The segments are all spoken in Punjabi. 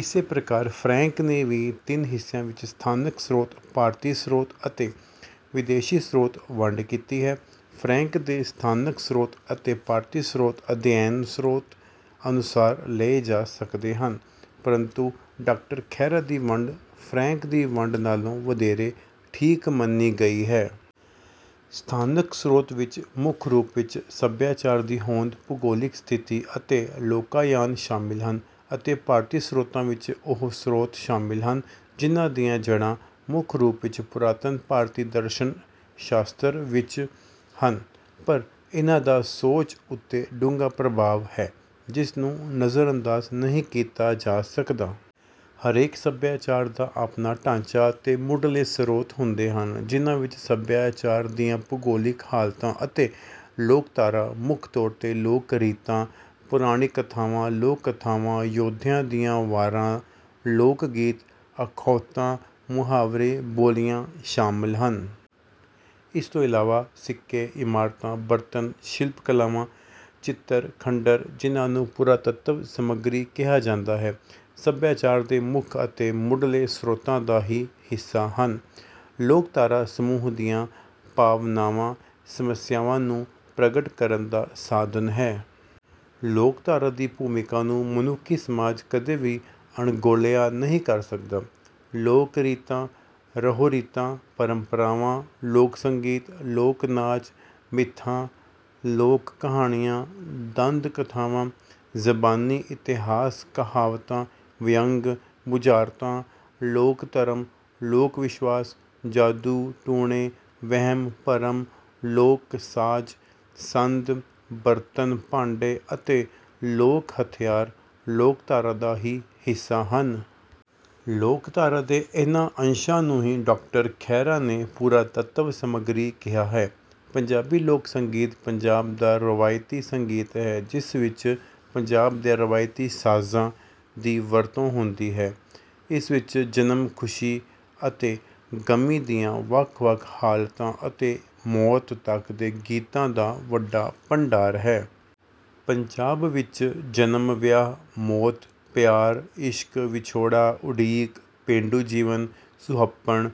ਇਸੇ ਪ੍ਰਕਾਰ ਫਰੈਂਕ ਨੇ ਵੀ ਤਿੰਨ ਹਿੱਸਿਆਂ ਵਿੱਚ ਸਥਾਨਕ ਸਰੋਤ ਭਾਰਤੀ ਸਰੋਤ ਅਤੇ ਵਿਦੇਸ਼ੀ ਸਰੋਤ ਵੰਡ ਕੀਤੀ ਹੈ। ਫਰੈਂਕ ਦੇ ਸਥਾਨਕ ਸਰੋਤ ਅਤੇ ਭਾਰਤੀ ਸਰੋਤ ਅਧਿਐਨ ਸਰੋਤ ਅਨੁਸਾਰ ਲਏ ਜਾ ਸਕਦੇ ਹਨ ਪਰੰਤੂ ਡਾਕਟਰ ਖਹਿਰਾ ਦੀ ਵੰਡ ਫਰੈਂਕ ਦੀ ਵੰਡ ਨਾਲੋਂ ਵਧੇਰੇ ਠੀਕ ਮੰਨੀ ਗਈ ਹੈ। ਸਥਾਨਕ ਸਰੋਤਾਂ ਵਿਚ ਮੁੱਖ ਰੂਪ ਵਿਚ ਸੱਭਿਆਚਾਰ ਦੀ ਹੋਂਦ ਭੂਗੋਲਿਕ ਸਥਿਤੀ ਅਤੇ ਲੋਕਾਯਾਨ ਸ਼ਾਮਿਲ ਹਨ ਅਤੇ ਭਾਰਤੀ ਸਰੋਤਾਂ ਵਿਚ ਉਹ ਸਰੋਤ ਸ਼ਾਮਿਲ ਹਨ ਜਿਨ੍ਹਾਂ ਦੀਆਂ ਜੜ੍ਹਾਂ ਮੁੱਖ ਰੂਪ ਵਿਚ ਪੁਰਾਤਨ ਭਾਰਤੀ ਦਰਸ਼ਨ ਸ਼ਾਸਤਰ ਵਿਚ ਹਨ ਪਰ ਇਨ੍ਹਾਂ ਦਾ ਸੋਚ ਉਤੇ ਡੂੰਘਾ ਪ੍ਰਭਾਵ ਹੈ ਜਿਸ ਨੂੰ ਨਜ਼ਰਅੰਦਾਜ਼ ਨਹੀਂ ਕੀਤਾ ਜਾ ਸਕਦਾ। ਹਰੇਕ ਸੱਭਿਆਚਾਰ ਦਾ ਆਪਣਾ ਢਾਂਚਾ ਅਤੇ ਮੁੱਢਲੇ ਸਰੋਤ ਹੁੰਦੇ ਹਨ ਜਿਨ੍ਹਾਂ ਵਿੱਚ ਸੱਭਿਆਚਾਰ ਦੀਆਂ ਭੂਗੋਲਿਕ ਹਾਲਤਾਂ ਅਤੇ ਲੋਕਧਾਰਾ ਮੁੱਖ ਤੌਰ ਤੇ ਲੋਕ ਰੀਤਾਂ ਪੌਰਾਣਿਕ ਕਥਾਵਾਂ ਲੋਕ ਕਥਾਵਾਂ ਯੋਧਿਆਂ ਦੀਆਂ ਵਾਰਾਂ ਲੋਕ ਗੀਤ ਅਖੌਤਾਂ ਮੁਹਾਵਰੇ ਬੋਲੀਆਂ ਸ਼ਾਮਿਲ ਹਨ। ਇਸ ਤੋਂ ਇਲਾਵਾ ਸਿੱਕੇ ਇਮਾਰਤਾਂ ਬਰਤਨ ਸ਼ਿਲਪ ਕਲਾਵਾਂ ਚਿੱਤਰ ਖੰਡਰ ਜਿਨ੍ਹਾਂ ਨੂੰ ਪੁਰਾਤੱਤਵ ਸਮੱਗਰੀ ਕਿਹਾ ਜਾਂਦਾ ਹੈ ਸੱਭਿਆਚਾਰ ਦੇ ਮੁੱਖ ਅਤੇ ਮੁੱਢਲੇ ਸਰੋਤਾਂ ਦਾ ਹੀ ਹਿੱਸਾ ਹਨ। ਲੋਕਧਾਰਾ ਸਮੂਹ ਦੀਆਂ ਭਾਵਨਾਵਾਂ ਸਮੱਸਿਆਵਾਂ ਨੂੰ ਪ੍ਰਗਟ ਕਰਨ ਦਾ ਸਾਧਨ ਹੈ। ਲੋਕਧਾਰਾ ਦੀ ਭੂਮਿਕਾ ਨੂੰ ਮਨੁੱਖੀ ਸਮਾਜ ਕਦੇ ਵੀ ਅਣਗੌਲਿਆ ਨਹੀਂ ਕਰ ਸਕਦਾ। ਲੋਕ ਰੀਤਾਂ ਰਹੁ ਰੀਤਾਂ ਪਰੰਪਰਾਵਾਂ ਲੋਕ ਸੰਗੀਤ ਲੋਕ ਨਾਚ ਮਿਥਾਂ ਲੋਕ ਕਹਾਣੀਆਂ ਦੰਦ ਕਥਾਵਾਂ ਜ਼ਬਾਨੀ ਇਤਿਹਾਸ ਕਹਾਵਤਾਂ ਵਿਅੰਗ ਬੁਝਾਰਤਾਂ ਲੋਕ ਧਰਮ ਲੋਕ ਵਿਸ਼ਵਾਸ ਜਾਦੂ ਟੂਣੇ ਵਹਿਮ ਭਰਮ ਲੋਕ ਸਾਜ ਸੰਦ ਬਰਤਨ ਭਾਂਡੇ ਅਤੇ ਲੋਕ ਹਥਿਆਰ ਲੋਕਧਾਰਾ ਦਾ ਹੀ ਹਿੱਸਾ ਹਨ। ਲੋਕਧਾਰਾ ਦੇ ਇਹਨਾਂ ਅੰਸ਼ਾਂ ਨੂੰ ਹੀ ਡਾ ਖਹਿਰਾ ਨੇ ਪੁਰਾਤੱਤਵ ਸਮੱਗਰੀ ਕਿਹਾ ਹੈ। ਪੰਜਾਬੀ ਲੋਕ ਸੰਗੀਤ ਪੰਜਾਬ ਦਾ ਰਵਾਇਤੀ ਸੰਗੀਤ ਹੈ ਜਿਸ ਵਿਚ ਪੰਜਾਬ ਦੇ ਰਵਾਇਤੀ ਸਾਜ਼ਾਂ ਦੀ ਵਰਤੋਂ ਹੁੰਦੀ ਹੈ। ਇਸ ਵਿਚ ਜਨਮ ਖੁਸ਼ੀ ਅਤੇ ਗਮੀ ਦੀਆਂ ਵੱਖ ਵੱਖ ਹਾਲਤਾਂ ਅਤੇ ਮੌਤ ਤੱਕ ਦੇ ਗੀਤਾਂ ਦਾ ਵੱਡਾ ਭੰਡਾਰ ਹੈ। ਪੰਜਾਬ ਵਿਚ ਜਨਮ ਵਿਆਹ ਮੌਤ ਪਿਆਰ ਇਸ਼ਕ ਵਿਛੋੜਾ ਉਡੀਕ ਪੇਂਡੂ ਜੀਵਨ ਸੁਹੱਪਣ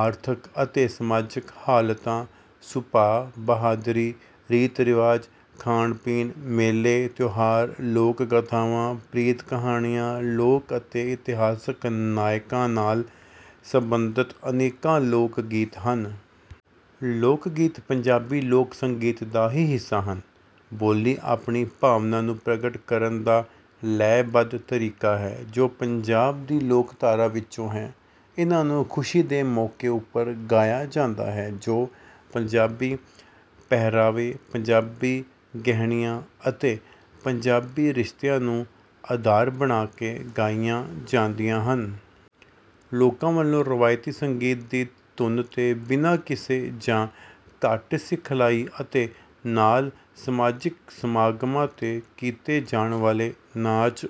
ਆਰਥਕ ਅਤੇ ਸਮਾਜਕ ਹਾਲਤਾਂ ਸੁਭਾਅ ਬਹਾਦਰੀ ਰੀਤ ਰਿਵਾਜ ਖਾਣ ਪੀਣ ਮੇਲੇ ਤਿਉਹਾਰ ਲੋਕ ਗਾਥਾਵਾਂ ਪ੍ਰੀਤ ਕਹਾਣੀਆਂ ਲੋਕ ਅਤੇ ਇਤਿਹਾਸਕ ਨਾਇਕਾਂ ਨਾਲ ਸਬੰਧਤ ਅਨੇਕਾਂ ਲੋਕ ਗੀਤ ਹਨ। ਲੋਕ ਗੀਤ ਪੰਜਾਬੀ ਲੋਕ ਸੰਗੀਤ ਦਾ ਹੀ ਹਿੱਸਾ ਹਨ। ਬੋਲੀ ਆਪਣੀ ਭਾਵਨਾ ਨੂੰ ਪ੍ਰਗਟ ਕਰਨ ਦਾ ਲੈਅ ਬੱਧ ਤਰੀਕਾ ਹੈ ਜੋ ਪੰਜਾਬ ਦੀ ਲੋਕਧਾਰਾ ਵਿਚੋਂ ਹੈ। ਇਹਨਾਂ ਨੂੰ ਖੁਸ਼ੀ ਦੇ ਮੌਕੇ ਉੱਪਰ ਗਾਇਆ ਜਾਂਦਾ ਹੈ ਜੋ ਪੰਜਾਬੀ ਪਹਿਰਾਵੇ ਪੰਜਾਬੀ ਗਹਿਣਿਆਂ ਅਤੇ ਪੰਜਾਬੀ ਰਿਸ਼ਤਿਆਂ ਨੂੰ ਅਧਾਰ ਬਣਾ ਕੇ ਗਾਈਆਂ ਜਾਂਦੀਆਂ ਹਨ। ਲੋਕਾਂ ਵੱਲੋਂ ਰਵਾਇਤੀ ਸੰਗੀਤ ਦੀ ਧੁਨ ਤੇ ਬਿਨਾਂ ਕਿਸੇ ਜਾਂ ਘੱਟ ਸਿਖਲਾਈ ਅਤੇ ਨਾਲ ਸਮਾਜਿਕ ਸਮਾਗਮਾਂ ਤੇ ਕੀਤੇ ਜਾਣ ਵਾਲੇ ਨਾਚ